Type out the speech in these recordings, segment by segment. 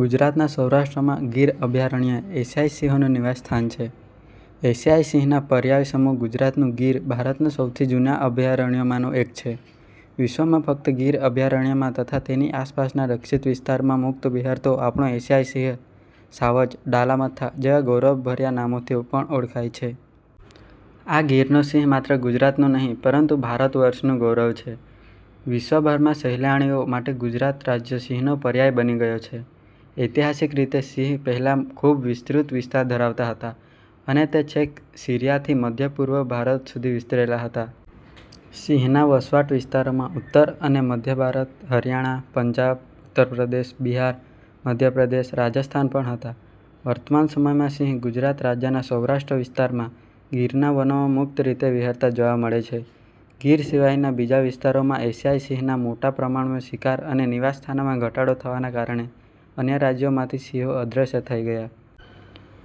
ગુજરાતના સૌરાષ્ટ્રમાં ગીર અભ્યારણ્ય એશિયાઇ સિંહોનું નિવાસ સ્થાન છે. એશિયાઇ સિંહનાં પર્યાય સમું ગુજરાતનું ગીર, ભારતનાં સૌથી જુના અભ્યારણ્યોમાંનું એક છે, વિશ્વમાં ફકત ગીર અભયારણ્યમાં તથા તેના આસપાસનાં રક્ષિત વિસ્તારોમાં મુકત વિહરતો આપણો એશિયાઇ સિંહ, સાવજ, ડાલામથ્થા જેવા ગૌરવભર્યા નામોથી પણ ઓળખાય છે. આ ગીરનો સિંહ માત્ર ગુજરાતનું નહીં, પરંતુ ભારત વર્ષનું ગૌરવ છે. વિશ્વભરનાં સહેલાણીઓ માટે ગુજરાત રાજય સિંહનો પર્યાય બની ગયો છે. ઐતિહાસીક રીતે સિંહ પહેલા ખુબ વિસ્તૃત વિસ્તાર ધરાવતા હતા અને તે છેક સિરીયાથી મધ્યપૂર્વ ભારત સુધી વિસ્તરેલા હતાં. સિંહના વસવાટ વિસ્તારોમાં ઉત્તર અને મધ્યભારત, હરીયાણા, પંજાબ, ઉત્તરપ્રદેશ, બિહાર, મધ્યપ્રદેશ, રાજસ્થાન પણ હતા. વર્તમાન સમયમાં સિંહ ગુજરાત રાજયનાં સૌરાષ્ટ્ર વિસ્તારમાં ગીરનાં વનોમાં મુકત રીતે વિહરતા જોવા મળે છે. ગીર સિવાયનાં બીજા વિસ્તારોમાં એશિયાઈ સિંહનાં મોટા પ્રમાણમાં શિકાર અને નિવાસ સ્થાનોમાં ઘટાડો થવાનાં કારણે અન્ય રાજયોમાંથી સિંહો અદ્રશ્ય થઇ ગયા.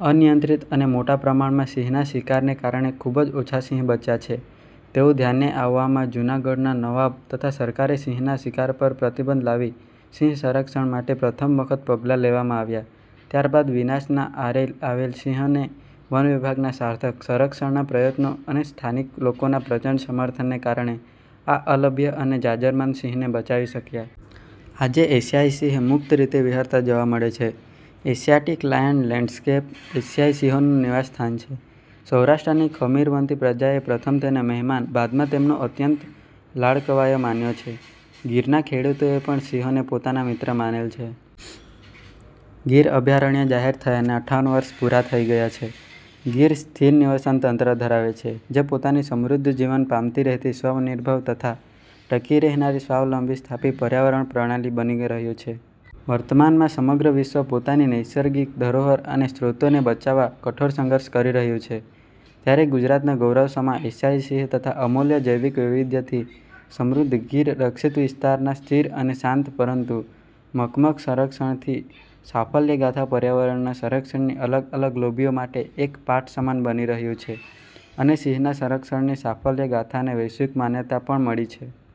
અનિયંત્રિત અને મોટા પ્રમાણમાં સિંહનાં શિકારને કારણે ખુબજ ઓછા સિંહ બચ્યા છે, તેવું ધ્યાને આવવામાં જુનાગઢનાં નવાબ તથા સરકારે સિંહનાં શિકાર પર પ્રતિબંધ લાવી સિંહ સંરક્ષણ માટે પ્રથમ વખત પગલા લેવામાં આવ્યાં. ત્યાર બાદ વિનાશનાં આરે આવેલ સિંહોને વન વિભાગનાં સાર્થક – સંરક્ષણનાં પ્રયત્નો અને સ્થાનિક લોકોના પ્રચંડ સમર્થનને કારણે આ અલભ્ય અને જાજરમાન સિંહને બચાવી શકયા. આજે એશિયાઇ સિંહ મુકત રીતે વિહરતા જોવા મળે છે. એશિયાટીક લાયન લેન્ડસ્કેપ, એશિયાઇ સિંહોનું નિવાસ સ્થાન છે, સૌરાષ્ટ્રની ખમીરવંતી પ્રજાએ પ્રથમ તેને મહેમાન, બાદમાં તેમનો અત્યંત લાડકવાયો માન્યો છે. ગીરનાં ખેડૂતોએ પણ સિંહોને પોતાના મિત્ર માનેલ છે. ગીર અભ્યારણ્ય જાહેર થયાને અઠ્ઠાવન વર્ષ પુરા થઈ ગયા છે. ગીર સ્થિર નિવસન તંત્ર ધરાવે છે જે પોતાની સમૃધ્ધ જીવન પામતી રહેતી સ્વનિર્ભર તથા ટકી રહેનારી સ્વાવલંબી સ્થાપી પર્યાવરણ પ્રણાલી બની રહ્યુ છે. વર્તમાનમાં સમગ્ર વિશ્વ પોતાની નૈસર્ગિક ધરોહર અને સ્રોતોને બચાવવા કઠોર સંઘર્ષ કરી રહ્યું છે, ત્યારે ગુજરાતનાં ગૌરવ સમા એશિયાઇ સિંહ તથા અમુલ્ય જૈવિક વૈવિધ્યથી સમૃધ્ધ ગીર રક્ષિત વિસ્તારનાં સ્થિર અને શાંત પરંતુ મકકમ સંરક્ષણની સાફલ્યગાથા પર્યાવરણનાં સંરક્ષણની અલગ-અલગ લોબીઓ માટે એક પાઠ સમાન બની રહ્યું છે અને સિંહનાં સંરક્ષણની સાફલ્ય ગાથાને વૈશ્વિક માન્યતા પણ મળી છે.